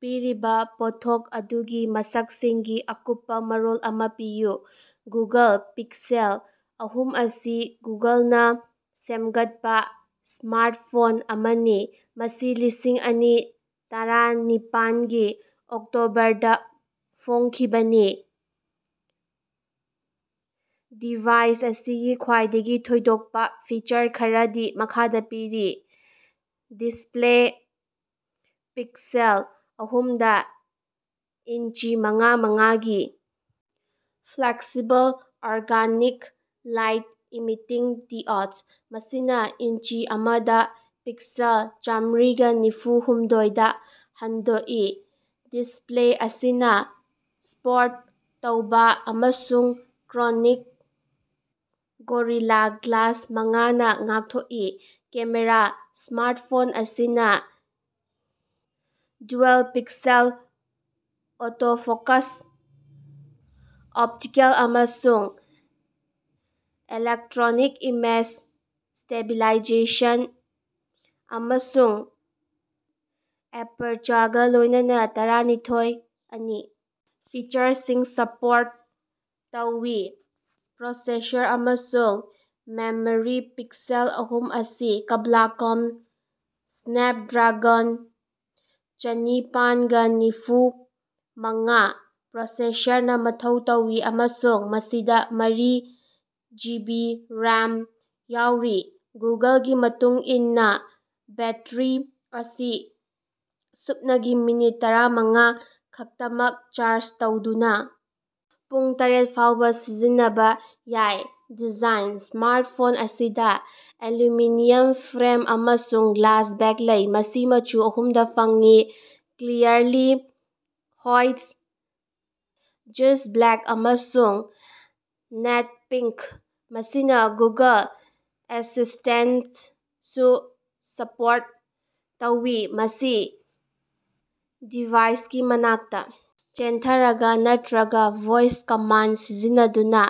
ꯄꯤꯔꯤꯕ ꯄꯣꯠꯊꯣꯛ ꯑꯗꯨꯒꯤ ꯃꯁꯛꯁꯤꯡꯒꯤ ꯑꯀꯨꯞꯄ ꯃꯔꯣꯜ ꯑꯃꯥ ꯄꯤꯌꯨ꯫ ꯒꯨꯒꯜ ꯄꯤꯛꯁꯦꯜ ꯑꯍꯨꯝ ꯑꯁꯤ ꯒꯨꯒꯜꯅ ꯁꯦꯝꯒꯠꯄ ꯁ꯭ꯃꯥꯔꯇꯐꯣꯟ ꯑꯃꯅꯤ, ꯃꯁꯤ ꯂꯤꯁꯤꯡ ꯑꯅꯤ ꯇꯔꯥꯅꯤꯄꯥꯟꯒꯤ ꯑꯣꯛꯇꯣꯕꯔꯗꯥ ꯐꯣꯡꯈꯤꯕꯅꯤ꯫ ꯗꯤꯚꯥꯏꯁ ꯑꯁꯤꯒꯤ ꯈ꯭ꯋꯥꯏꯗꯒꯤ ꯊꯣꯏꯗꯣꯛꯄ ꯐꯤꯆꯔ ꯈꯔꯗꯤ ꯃꯈꯥꯗ ꯄꯤꯔꯤ, ꯗꯤꯁꯞꯂꯦ ꯄꯤꯛꯁꯦꯜ ꯑꯍꯨꯝꯗ ꯏꯟꯆꯤ ꯃꯉꯥ .ꯃꯉꯥꯒꯤ flexible organic light emitting diode, ꯃꯁꯤꯅ ꯏꯟꯆꯤ ꯑꯃꯥꯗ ꯄꯤꯛꯁꯦꯜ ꯆꯥꯝꯃꯔꯤꯒ ꯅꯤꯐꯨ ꯍꯨꯝꯗꯣꯏꯗꯥ ꯍꯟꯗꯣꯛꯏ꯫ ꯗꯤꯁꯞꯂꯦ ꯑꯁꯤꯅ ꯁꯄꯣꯔꯠ ꯇꯧꯕ ꯑꯃꯁꯨꯡ ꯀꯔꯣꯅꯤꯡ ꯒꯣꯔꯤꯂꯥ ꯒ꯭ꯂꯥꯁ ꯃꯉꯥꯅ ꯉꯥꯡꯊꯣꯛꯏ ꯀꯦꯃꯦꯔꯥ ꯁ꯭ꯃꯥꯔꯇꯐꯣꯟ ꯑꯁꯤꯅꯥ ꯗ꯭ꯌꯨꯑꯦꯜ-ꯄꯤꯛꯁꯦꯜ ꯑꯣꯇꯣꯐꯣꯀꯁ, ꯑꯣꯞꯇꯤꯀꯦꯜ ꯑꯃꯁꯨꯡ ꯏꯂꯦꯛꯠꯔꯣꯅꯤꯛ ꯏꯃꯦꯖ ꯁ꯭ꯇꯦꯕꯤꯂꯥꯏꯖꯦꯁꯟ, ꯑꯃꯁꯨꯡ ꯑꯦꯄꯔꯆꯒꯥ ꯂꯣꯏꯅꯅꯥ ꯇꯔꯥꯅꯤꯊꯣꯏ. ꯑꯅꯤ ꯐꯤꯆꯔꯁꯤꯡ ꯁꯄꯣꯔꯠ ꯇꯧꯏ꯫ ꯄ꯭ꯔꯣꯁꯦꯁꯔ ꯑꯃꯁꯨꯡ ꯃꯦꯃꯣꯔꯤ ꯄꯤꯛꯁꯦꯜ ꯑꯍꯨꯝ ꯑꯁꯤ ꯀ꯭ꯕꯥꯂꯀꯣꯃ ꯁ꯭ꯅꯦꯄꯗ꯭ꯔꯒꯟ ꯆꯥꯅꯤꯄꯥꯟꯒ ꯅꯤꯐꯨꯃꯉꯥ ꯄ꯭ꯔꯣꯁꯦꯁꯔꯅꯥ ꯃꯊꯧ ꯇꯧꯏ ꯑꯃꯁꯨꯡ ꯃꯁꯤꯗꯥ ꯃꯔꯤ ꯖꯤꯕꯤ ꯔꯦꯝ ꯌꯥꯎꯔꯤ꯫ ꯒꯨꯒꯜꯒꯤ ꯃꯇꯨꯡ ꯏꯟꯅꯥ ꯕꯦꯠꯇꯔꯤ ꯑꯁꯤ ꯁꯨꯞꯅꯒꯤ ꯃꯤꯅꯤꯠ ꯇꯔꯥꯃꯉꯥ ꯈꯛꯇꯃꯛ ꯆꯥꯔꯖ ꯇꯧꯗꯨꯅꯥ ꯄꯨꯡ ꯇꯔꯦꯠ ꯐꯥꯎꯕ ꯁꯤꯖꯤꯟꯅꯕ ꯌꯥꯏ꯫ ꯗꯤꯖꯥꯏꯟ: ꯁ꯭ꯃꯥꯔꯇꯐꯣꯟ ꯑꯁꯤꯗ ꯑꯦꯂꯨꯃꯤꯅꯤꯌꯝ ꯐ꯭ꯔꯦꯝ ꯑꯃꯁꯨꯡ ꯒ꯭ꯂꯥꯁ ꯕꯦꯛ ꯂꯩ꯫ ꯃꯁꯤ ꯃꯆꯨ ꯑꯍꯨꯝꯗ ꯐꯪꯏ ꯀ꯭ꯂꯤꯌꯥꯔꯂꯤ ꯍꯣꯏꯠ, ꯖꯁ꯭ꯠ ꯕ꯭ꯂꯦꯛ ꯑꯃꯁꯨꯡ ꯅꯠ ꯄꯤꯉ꯭ꯛ꯫ ꯃꯁꯤꯅ ꯒꯨꯒꯜ ꯑꯦꯁꯤꯁ꯭ꯇꯦꯟꯇꯁꯨ ꯁꯄꯣꯔꯠ ꯇꯧꯏ, ꯃꯁꯤ ꯗꯤꯚꯥꯏꯁꯀꯤ ꯃꯅꯥꯛꯇ ꯆꯦꯟꯊꯥꯔꯒ ꯅꯠꯇꯔꯒ ꯚꯣꯏꯁ ꯀꯃꯥꯟꯗ ꯁꯤꯖꯤꯟꯅꯗꯨꯅ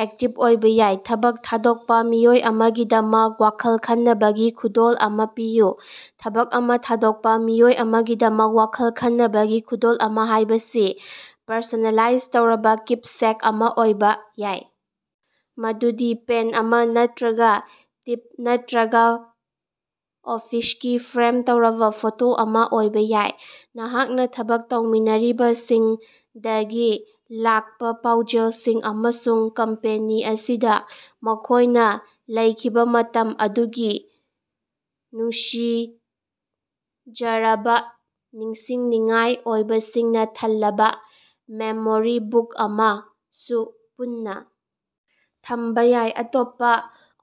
ꯑꯦꯛꯇꯤꯝ ꯑꯣꯏꯕ ꯌꯥꯏ꯫ ꯊꯕꯛ ꯊꯥꯗꯣꯛꯄ ꯃꯤꯑꯣꯏ ꯑꯃꯥꯒꯤꯗꯃꯛ ꯋꯥꯈꯜ ꯈꯟꯅꯕꯒꯤ ꯈꯨꯗꯣꯜ ꯑꯃꯥ ꯄꯤꯌꯨ꯫ ꯊꯕꯛ ꯑꯃꯥ ꯊꯥꯗꯣꯛꯄꯥ ꯃꯤꯑꯣꯏ ꯑꯃꯥꯒꯤꯗꯃꯛ ꯋꯥꯈꯜ ꯈꯟꯅꯕꯒꯤ ꯈꯨꯗꯣꯜ ꯑꯃꯥ ꯍꯥꯏꯕꯁꯤ ꯄꯔꯁꯣꯅꯦꯂꯥꯏꯖ ꯇꯧꯔꯕ ꯀꯤꯄꯁꯦꯛ ꯑꯃꯥ ꯑꯣꯏꯕ ꯌꯥꯏ, ꯃꯗꯨꯗꯤ ꯄꯦꯟ ꯑꯃꯥ ꯅꯠꯠꯔꯒꯥ ꯇꯤꯝ ꯅꯠꯠꯔꯒꯥ ꯑꯣꯐꯤꯁꯀꯤ ꯐ꯭ꯔꯦꯝ ꯇꯧꯔꯕ ꯐꯣꯇꯣ ꯑꯃꯥ ꯑꯣꯏꯕ ꯌꯥꯏ꯫ ꯅꯍꯥꯛꯅ ꯊꯕꯛ ꯇꯧꯃꯤꯟꯅꯔꯤꯕꯁꯤꯡꯗꯒꯤ ꯂꯥꯛꯄ ꯄꯥꯎꯖꯦꯜꯁꯤꯡ ꯑꯃꯁꯨꯡ ꯀꯝꯄꯦꯅꯤ ꯑꯁꯤꯗ ꯃꯈꯣꯏꯅ ꯂꯩꯈꯤꯕ ꯃꯇꯝ ꯑꯗꯨꯒꯤ ꯅꯨꯡꯁꯤꯖꯔꯕꯥ ꯅꯤꯡꯁꯤꯡꯅꯤꯡꯉꯥꯏ ꯑꯣꯏꯕꯁꯤꯡꯅ ꯊꯜꯂꯕ ꯃꯦꯃꯣꯔꯤ ꯕꯨꯛ ꯑꯃꯁꯨ ꯄꯨꯟꯅ ꯊꯝꯕ ꯌꯥꯏ꯫ ꯑꯇꯣꯞꯄ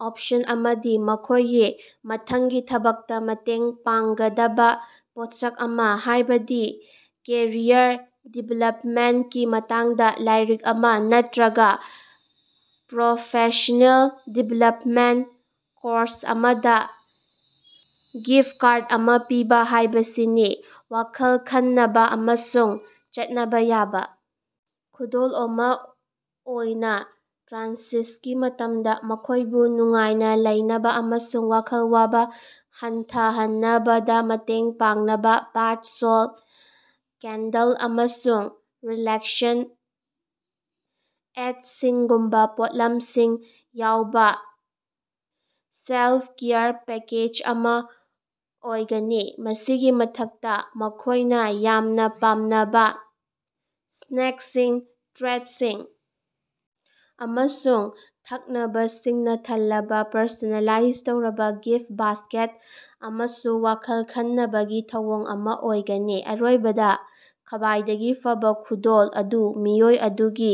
ꯑꯣꯄꯁꯟ ꯑꯃꯗꯤ ꯃꯈꯣꯏꯒꯤ ꯃꯊꯪꯒꯤ ꯊꯕꯛꯇ ꯃꯇꯦꯡ ꯄꯥꯡꯒꯗꯕ ꯄꯣꯠꯁꯛ ꯑꯃꯥ, ꯍꯥꯏꯕꯗꯤ ꯀꯦꯔꯤꯌꯔ ꯗꯤꯚꯦꯂꯄꯃꯦꯟꯇꯒꯤ ꯃꯇꯥꯡꯗ ꯂꯥꯏꯔꯤꯛ ꯑꯃꯥ ꯅꯠꯠꯔꯒ ꯄ꯭ꯔꯣꯐꯦꯁꯅꯦꯜ ꯗꯤꯚꯦꯂꯄꯃꯦꯟꯇ ꯀꯣꯔꯁ ꯑꯃꯗ ꯒꯤꯐꯠ ꯀꯥꯔꯠ ꯑꯃꯥ ꯄꯤꯕ ꯍꯥꯏꯕꯁꯤꯅꯤ꯫ ꯋꯥꯈꯜ ꯈꯟꯅꯕ ꯑꯃꯁꯨꯡ ꯆꯠꯅꯕ ꯌꯥꯕ ꯈꯨꯗꯣꯜ ꯑꯃꯥ ꯑꯣꯏꯅ ꯇ꯭ꯔꯥꯟꯁꯤꯁꯒꯤ ꯃꯇꯝꯗ ꯃꯈꯣꯏꯕꯨ ꯅꯨꯡꯉꯥꯏꯅ ꯂꯩꯅꯕ ꯑꯃꯁꯨꯡ ꯋꯥꯈꯜ ꯋꯥꯕ ꯍꯟꯊꯍꯟꯅꯕꯗ ꯃꯇꯦꯡ ꯄꯥꯡꯅꯕ ꯕꯥꯊ ꯁꯣꯜꯇ, ꯀꯦꯟꯗꯜ, ꯑꯃꯁꯨꯡ ꯔꯤꯂꯦꯛꯁꯟ ꯑꯦꯗꯁꯤꯡꯒꯨꯝꯕꯥ ꯄꯣꯠꯂꯝꯁꯤꯡ ꯌꯥꯎꯕ ꯁꯦꯜꯐ-ꯀꯦꯌꯔ ꯄꯦꯀꯦꯖ ꯑꯃꯥ ꯑꯣꯏꯒꯅꯤ꯫ ꯃꯁꯤꯒꯤ ꯃꯊꯛꯇꯥ, ꯃꯈꯣꯌꯅꯥ ꯌꯥꯝꯅꯥ ꯄꯥꯝꯅꯕꯥ ꯁ꯭ꯅꯦꯛꯁꯤꯡ, ꯇ꯭ꯔꯦꯠꯁꯤꯡ ꯑꯃꯁꯨꯡ ꯊꯛꯅꯕꯁꯤꯡꯅ ꯊꯜꯂꯕꯥ ꯄꯔꯁꯣꯅꯦꯂꯥꯏꯖ ꯇꯧꯔꯕ ꯒꯤꯐꯠ ꯕꯥꯁ꯭ꯀꯦꯠ ꯑꯃꯁꯨ ꯋꯥꯈꯜ ꯈꯅꯕꯒꯤ ꯊꯧꯑꯣꯡ ꯑꯃꯥ ꯑꯣꯏꯒꯅꯤ꯫ ꯑꯔꯣꯏꯕꯗꯥ, ꯈ꯭ꯕꯥꯏꯗꯒꯤ ꯐꯕꯥ ꯈꯨꯗꯣꯜ ꯑꯗꯨ ꯃꯤꯑꯣꯏ ꯑꯗꯨꯒꯤ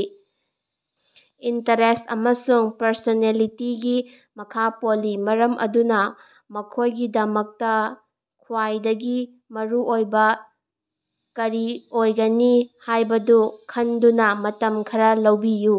ꯏꯟꯇꯔꯦꯁ꯭ꯠ ꯑꯃꯁꯨꯡ ꯄꯔꯁꯣꯅꯦꯂꯤꯇꯤꯒꯤ ꯃꯈꯥ ꯄꯣꯜꯂꯤ, ꯃꯔꯝ ꯑꯗꯨꯅꯥ ꯃꯈꯣꯏꯒꯤꯗꯃꯛꯇꯥ ꯈ꯭ꯋꯥꯏꯗꯒꯤ ꯃꯔꯨꯑꯣꯏꯕ ꯀꯔꯤ ꯑꯣꯏꯒꯅꯤ ꯍꯥꯏꯕꯗꯨ ꯈꯟꯗꯨꯅ ꯃꯇꯝ ꯈꯔꯥ ꯂꯧꯕꯤꯌꯨ꯫